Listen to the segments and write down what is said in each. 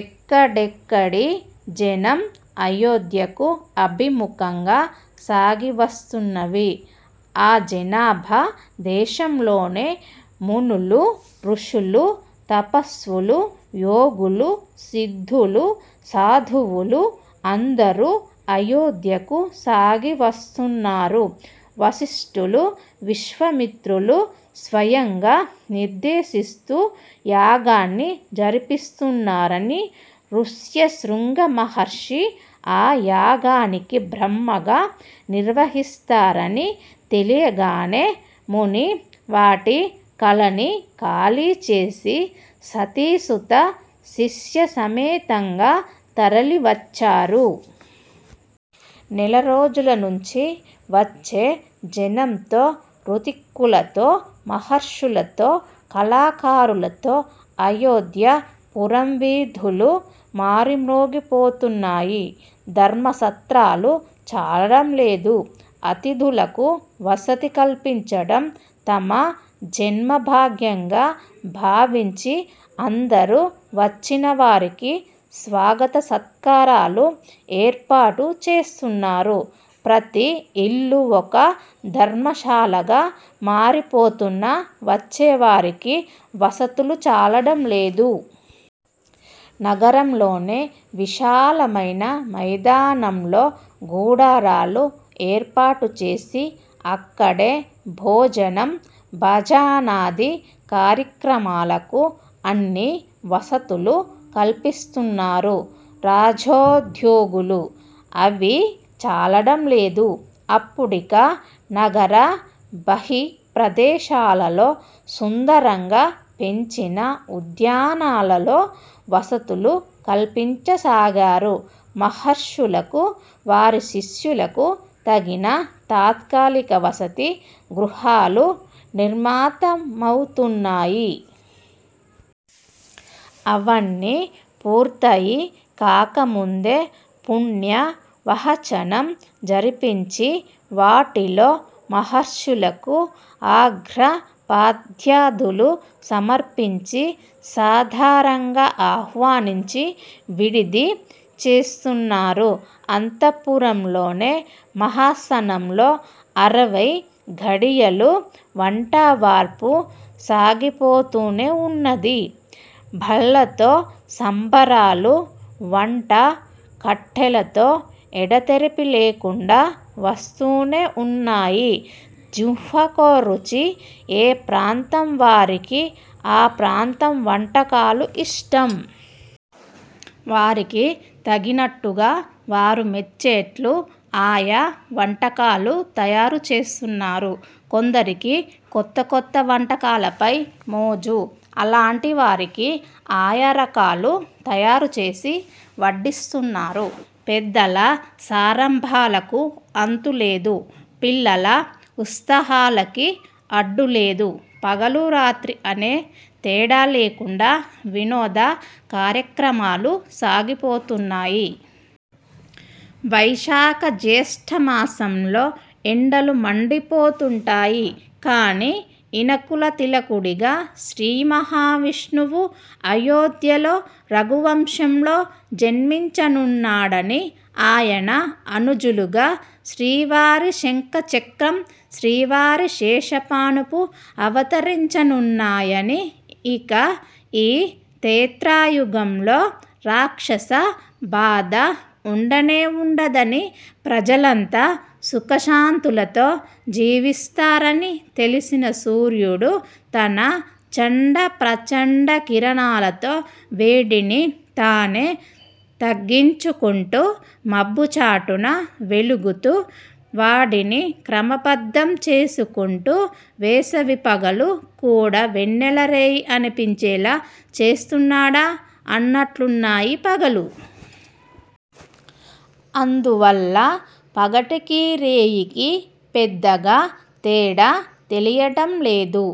ఎక్కడెక్కడి జనం అయోధ్యకు అభిముఖంగా సాగివస్తున్నవి. అజనాభ దేశంలోని మునులు, ఋషులు, తపస్వులూ, యోగులూ, సిద్ధులూ, సాధువులు అందరూ అయోధ్యకు సాగి వస్తున్నారు. వశిష్టులు, విశ్వామిత్రులు, స్వయంగా నిర్దేశిస్తూ యాగాన్ని జరిపిస్తున్నారానీ, ఋష్యశృంగమహర్షి ఆ యాగానికి బ్రహ్మగా నిర్వహిస్తారనీ తెలియగానే ముని వాటికలన్నీ ఖాళీ చేసి సతీ సుత శిష్యసమేతంగా తరలి వచ్చారు. నెలరోజుల నుంచీ వచ్చే జనంతో, ఋత్విక్కులతో, మహర్షులతో, కళాకారులతో అయోధ్య పుర వీధులు మారుమోగిపోతున్నాయి. ధర్మసత్రాలు చాలడం లేదు. అతిథులకు వసతి కల్పించడం తమ జన్మ భాగ్యంగా భావించి అందరూ వచ్చినవారికి స్వాగత సత్కారాలు ఏర్పాటు చేస్తున్నారు. ప్రతి ఇల్లూ ఒక ధర్మశాలగా మారిపోతున్నా వచ్చేవారికి వసతులు చాలడం లేదు. నగరంలోని విశాలమైన మైదానాల్లో గుడారాలు ఏర్పాటుచేసి అక్కడే భోజన భాజనాది కార్యక్రమాలకు అన్ని వసతులూ కల్పిస్తున్నారు రాజోద్యోగులు. అవీ చాలడం లేదు. అప్పుడిక నగర బహి ప్రదేశాల్లో సుందరంగా పెంచిన ఉద్యానాల్లో వసతులు కల్పించసాగారు. మహర్షులకూ వారి శిష్యులకు తగిన తాత్కాలిక వసతి గృహాలు నిర్మితమవుతున్నాయి. అవన్నీ పూర్తయి కాకముందే పుణ్యాహవచనం జరిపించి వాటిలో మహర్షులకూ అర్ఘ్యపాద్యాదులూ సమర్పించి సాదరంగా ఆహ్వానించి విడిది చేస్తున్నారు. అంతఃపురంలోని మహాసనంలో అరవై ఘడియలూ వంటావార్పూ సాగిపోతూనే ఉన్నది. బళ్ళతో సంభారాలు. వంట కట్టెలతో ఎడతెరిపి లేకుండా వస్తూనే ఉన్నాయి. జిహ్వకో రుచి. ఏ ప్రాంతం వారికి ఆ ప్రాంతపు వంటకాలు ఇష్టం. వారికి తగినట్టుగా వారు మెచ్చేట్టు ఆయా వంటకాలు తయారు చేస్తున్నారు. కొందరికి కొత్త కొత్త వంటకాలపై మోజు. అలాంటి వారికి ఆయా రకాలు తయారుచేసి వడ్డిస్తున్నారు. పెద్దల సంరంభాలకు అంతు లేదు. పిల్లల ఉత్సాహాలకి అడ్డు లేదు. పగలూ రాత్రీ అనే తేడా లేకుండా వినోద కార్యక్రమాలు సాగిపోతున్నాయి. వైశాఖ జ్యేష్ట మాసాల్లో ఎండలు మండిపోతుంటాయి. కానీ ఇనకుల తిలకుడిగా శ్రీమహావిష్ణువు అయోధ్యలో రఘువంశంలో జన్మించనున్నాడనీ, ఆయన అనుజులుగా శ్రీవారి శంఖం, చక్రం, శ్రీవారి శేషపానుపూ అవతరించనున్నాయనీ, ఇక ఈ త్రేతాయుగంలో రాక్షస బాధ ఉండనే ఉండదనీ, ప్రజలంతా సుఖ శాంతులతో జీవిస్తారనీ తెలిసిన సూర్యుడు తన చండ ప్రచండ కిరణాలతో వేడిని తానే తగ్గించుకుంటూ, మబ్బు చాటున వెలుగుతూ వాడిని క్రమబద్ధం చేసుకుంటూ వేసవి పగలు కూడా వెన్నెల రేయి అనిపించేలా చేస్తున్నాడా అన్నట్టున్నాయి పగళ్ళు. అందువల్ల పగటికీ రేయికీ పెద్దగా తేడా తెలియటం లేదు.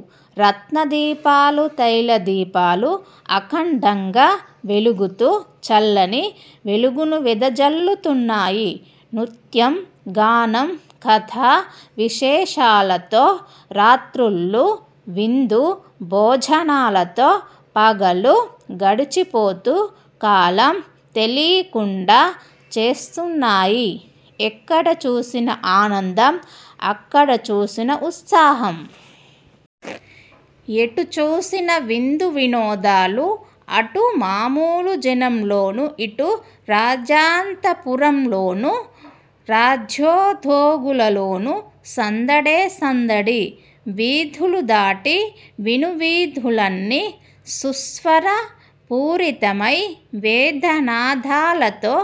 రత్న దీపాలు, తైల దీపాలూ అఖండంగా వెలుగుతూ చల్లని వెలుగును వెదజల్లుతున్నాయి. నృత్య, గాన, కథా విశేషాలతో రాత్రుళ్ళు, విందు భోజనాలతో పగళ్ళూ, గడిచిపోతూ కాలం తెలీకుండా చేస్తున్నాయి. ఎక్కడ చూసినా ఆనందం. అక్కడ చూసినా ఉత్సాహం. ఎటు చూసినా విందు వినోదాలు. అటు మామూలు జనంలోనూ, ఇటు రాజాంతఃపురంలోనూ రాజ్యోద్యోగులలోనూ సందడే సందడి. వీధులు దాటి విను వీధులన్నీ సుస్వర పూరితమై, వేదనాదాలతో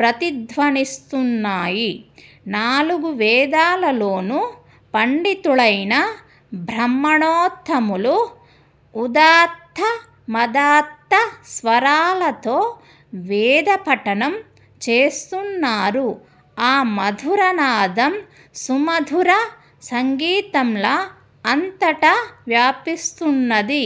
ప్రతిధ్వనిస్తున్నాయి. నాలుగు వేదాల్లోనూ పండితులైన బ్రాహ్మణోత్తములు ఉదాత్త మదాత్త స్వరాలతో వేద పఠనం చేస్తున్నారు. ఆ మధుర నాదం సుమధుర సంగీతంలా అంతటా వ్యాపిస్తున్నది.